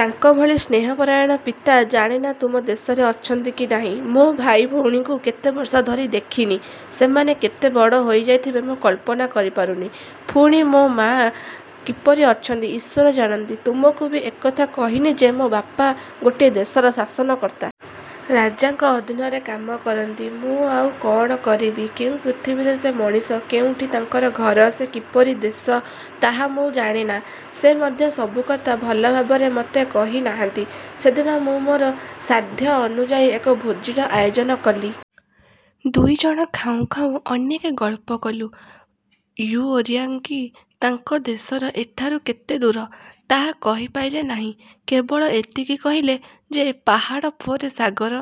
ତାଙ୍କଭଳି ସ୍ନେହପରାୟଣ ପିତା ଜାଣେନା ତୁମ ଦେଶରେ ଅଛନ୍ତି କି ନାହିଁ। ମୋ ଭାଇ ଭଉଣୀଙ୍କୁ କେତେ ବର୍ଷ ଧରି ଦେଖିନି, ସେମାନେ କେତେ ବଡ଼ ହୋଇଯାଇଥିବେ ମୁଁ କଳ୍ପନା କରିପାରୁନି। ପୁଣି ମୋ ମା' କିପରି ଅଛନ୍ତି, ଈଶ୍ୱର ଜାଣନ୍ତି। ତୁମକୁ ବି ଏକଥା କହିନି ଯେ, ମୋ ବାପା ଗୋଟିଏ ଦେଶର ଶାସନକର୍ତ୍ତା। ରାଜାଙ୍କ ଅଧୀନରେ କାମ କରନ୍ତି। '' ମୁଁ ଆଉ କ'ଣ କରିବି? କେଉଁ ପୃଥିବୀର ସେ ମଣିଷ, କେଉଁଠି ତାଙ୍କ ଘର, ସେ କିପରି ଦେଶ, ତାହା ମୁଁ ଜାଣେନା। ସ ମଧ୍ୟ ସବୁକଥା ଭଲଭାବରେ ମୋତେ କହିନାହାନ୍ତି। ସେଦିନ ମୁଁ ମୋର ସାଧ୍ୟାନୁଯାୟୀ ଏକ ଭୋଜୀର ଆୟୋଜନ କଲି। ଦୁଇଜଣ ଖାଉଁ ଖାଉଁ ଅନେକ ଗଳ୍ପ କଲୁଁ। ଇଉଓୟାରକି ତାଙ୍କ ଦେଶ ଏଠାରୁ କେତେଦୂର ତାହା କହିପାରିଲେ ନାହିଁ, କେବଳ ଏତିକି କହିଲେ ଯେ, ପାହାଡ଼ ପରେ ସାଗର,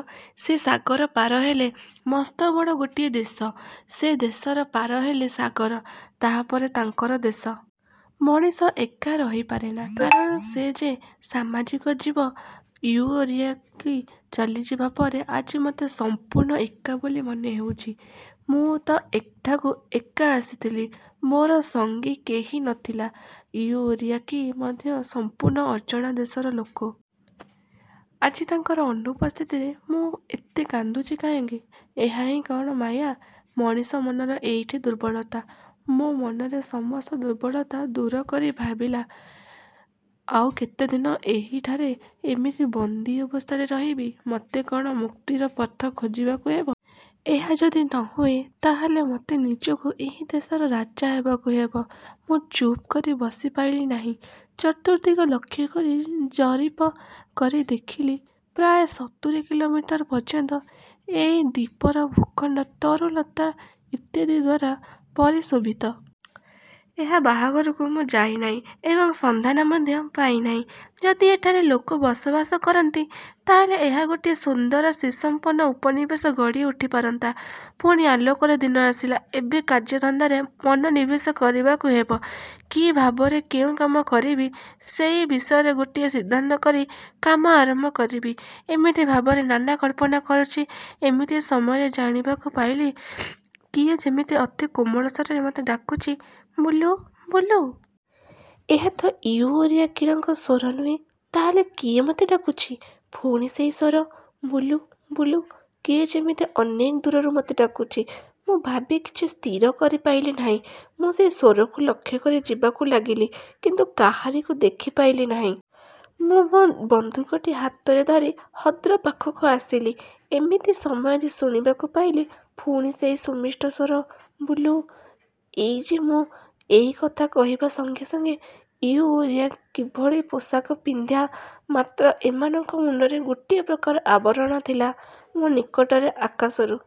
ସେ ସାଗର ପାର ହେଲେ ମସ୍ତବଡ଼ ଗୋଟିଏ ଦେଶ, ସେ ଦେଶ ପାର ହେଲେ ସାଗର, ତାହାପରେ ତାଙ୍କ ଦେଶ। ମଣିଷ ଏକା ରହିପାରେନା। କାରଣ ସେ ଯେ ସାମାଜିକ ଜୀବ। ଇଉଓୟାରକି ଚାଲିଯିବା ପରେ ଆଜି ମୋତେ ସମ୍ପୂର୍ଣ୍ଣ ଏକା ବୋଲି ମନେହେଉଛି। ମୁଁ ତ ଏଠାକୁ ଏକା ଆସିଥିଲି, ମୋର ସଙ୍ଗୀ କେହି ନ ଥିଲା ଇଉଓୟାରକି ମଧ୍ୟ ସମ୍ପୂର୍ଣ୍ଣ ଅଜଣା ଦେଶର ଲୋକ। ଆଜି ତାଙ୍କର ଅନୁପସ୍ଥିତିରେ ମୁଁ ଏତେ କାନ୍ଦୁଛି କାହିଁକ? ଏହାହିଁ କ'ଣ ମାୟା? ମଣିଷ ମନର ଏଇଠି ଦୁର୍ବଳତା। ମୋ ମନର ସମସ୍ତ ଦୁର୍ବଳତା ଦୂର କରି ଭାବିଲି, ଆଉ କେତେଦିନ ଏହିଠାରେ ଏମିତି ବନ୍ଦୀ ଅବସ୍ଥାରେ ରହିବି। ମୋତେ କ'ଣ ମୁକ୍ତିର ପଥ ଖୋଜିବାକୁ ହେବ? ଏହା ଯଦି ନ ହୁଏ, ତାହାହେଲେ ମୋତେ ନିଜକୁ ଏହି ଦେଶର ରାଜା ହେବାକୁ ହେବ-। ମୁଁ ଚୁପ୍ କରି ବସିପାରିଲି ନାହିଁ। ଚତୁର୍ଦ୍ଦିଗ ଲକ୍ଷ୍ୟ କରି ଜରିପ କରି ଦେଖିଲି ପ୍ରାୟ ସତୁରୀ କିଲୋମିଟର ପର୍ଯ୍ୟନ୍ତ ଏଇ ଦ୍ୱୀପର ଭୂଖଣ୍ଡ ତରୁଲତା ଇତ୍ୟାଦିଦ୍ୱାରା ପରିଶୋଭିତ। ଏହାର ବାହାରକୁ ମୁଁ ଯାଇ ନାହିଁ ଏବଂ ସନ୍ଧାନ ମଧ୍ୟ ପାଇ ନାହିଁ। ଯଦି ଏଠାରେ ଲୋକ ବସବାସ କରନ୍ତା, ତାହାହେଲେ ଏହା ଗୋଟିଏ ସୁନ୍ଦର ଶ୍ରୀସମ୍ପନ୍ନ ଉପନିବେଶ ଗଢ଼ି ଉଠିପାରନ୍ତା। ପୁଣି ଆଲୋକର ଦିନ ଆସିଲା, ଏବେ କାର୍ଯ୍ୟଧନ୍ଦାରେ ମନୋନିବେଶ କରିବାକୁ ହେବ-। କି ଭାବରେ କେଉଁ କାମ କରିବି, ସେଇ ବିଷୟରେ ଗୋଟିଏ ସିଦ୍ଧାନ୍ତ କରି କାମ ଆରମ୍ଭ କରିବି-ଏମିତି ଭାବରେ ନାନା କଳ୍ପନା କରୁଛି, ଏମିତି ସମୟରେ ଜାଣିବାକୁ ପାଇଲି, କିଏ ଯେମିତି ଅତି କୋମଳ ସ୍ୱରରେ ମୋତେ ଡାକୁଛି-''ବୁଲୁ, ବୁଲୁ! '' ଏହା ତ ଇଉଓୟାରକିର ସ୍ୱର ନୁହେଁ, ତାହାହେଲେ କିଏ ମୋତେ ଡାକୁଛି? ପୁଣି ସେଇ ସ୍ୱର,-''ବୁଲୁ, ବୁଲୁ '' କିଏ ଯେମିତି ଅନେକ ଦୂରରୁ ମୋତେ ଡାକୁଛି। ମୁଁ ଭାବି। କିଛି ସ୍ଥିର କରିପାରିଲି ନାହିଁ। ମୁଁ ସେଇ ସ୍ୱରକୁ ଲକ୍ଷ୍ୟ କରି ଯିବାକୁ ଲାଗିଲି; କିନ୍ତୁ କାହାରିକୁ ଦେଖିବାକୁ ପାଇଲି ନାହିଁ-। ମୁଁ ମୋ ବନ୍ଧୁକଟି ହାତରେ ଧରି ହ୍ରଦ ପାଖକୁ ଆସିଲି। ଏମିତି ସମୟରେ ଶୁଣିବାକୁ ପାଇଲି, ପୁଣି ସେଇ ସୁମିଷ୍ଟ ସ୍ୱର-''ବୁଲୁ ''. ''ଏଇ ଯେ ମୁଁ। '' ଏହି କଥା କହିବା ସଙ୍ଗେ ସଙ୍ଗେ ଇଉଓୟାରକିଭଳି ପୋଷାକ ପିନ୍ଧା; ମାତ୍ର ଏମାନଙ୍କ ମୁଣ୍ଡରେ ଗୋଟିଏ ପ୍ରକାର ଆବରଣ ଥିଲା-ମୋ ନିକଟରେ ଆକାଶରୁ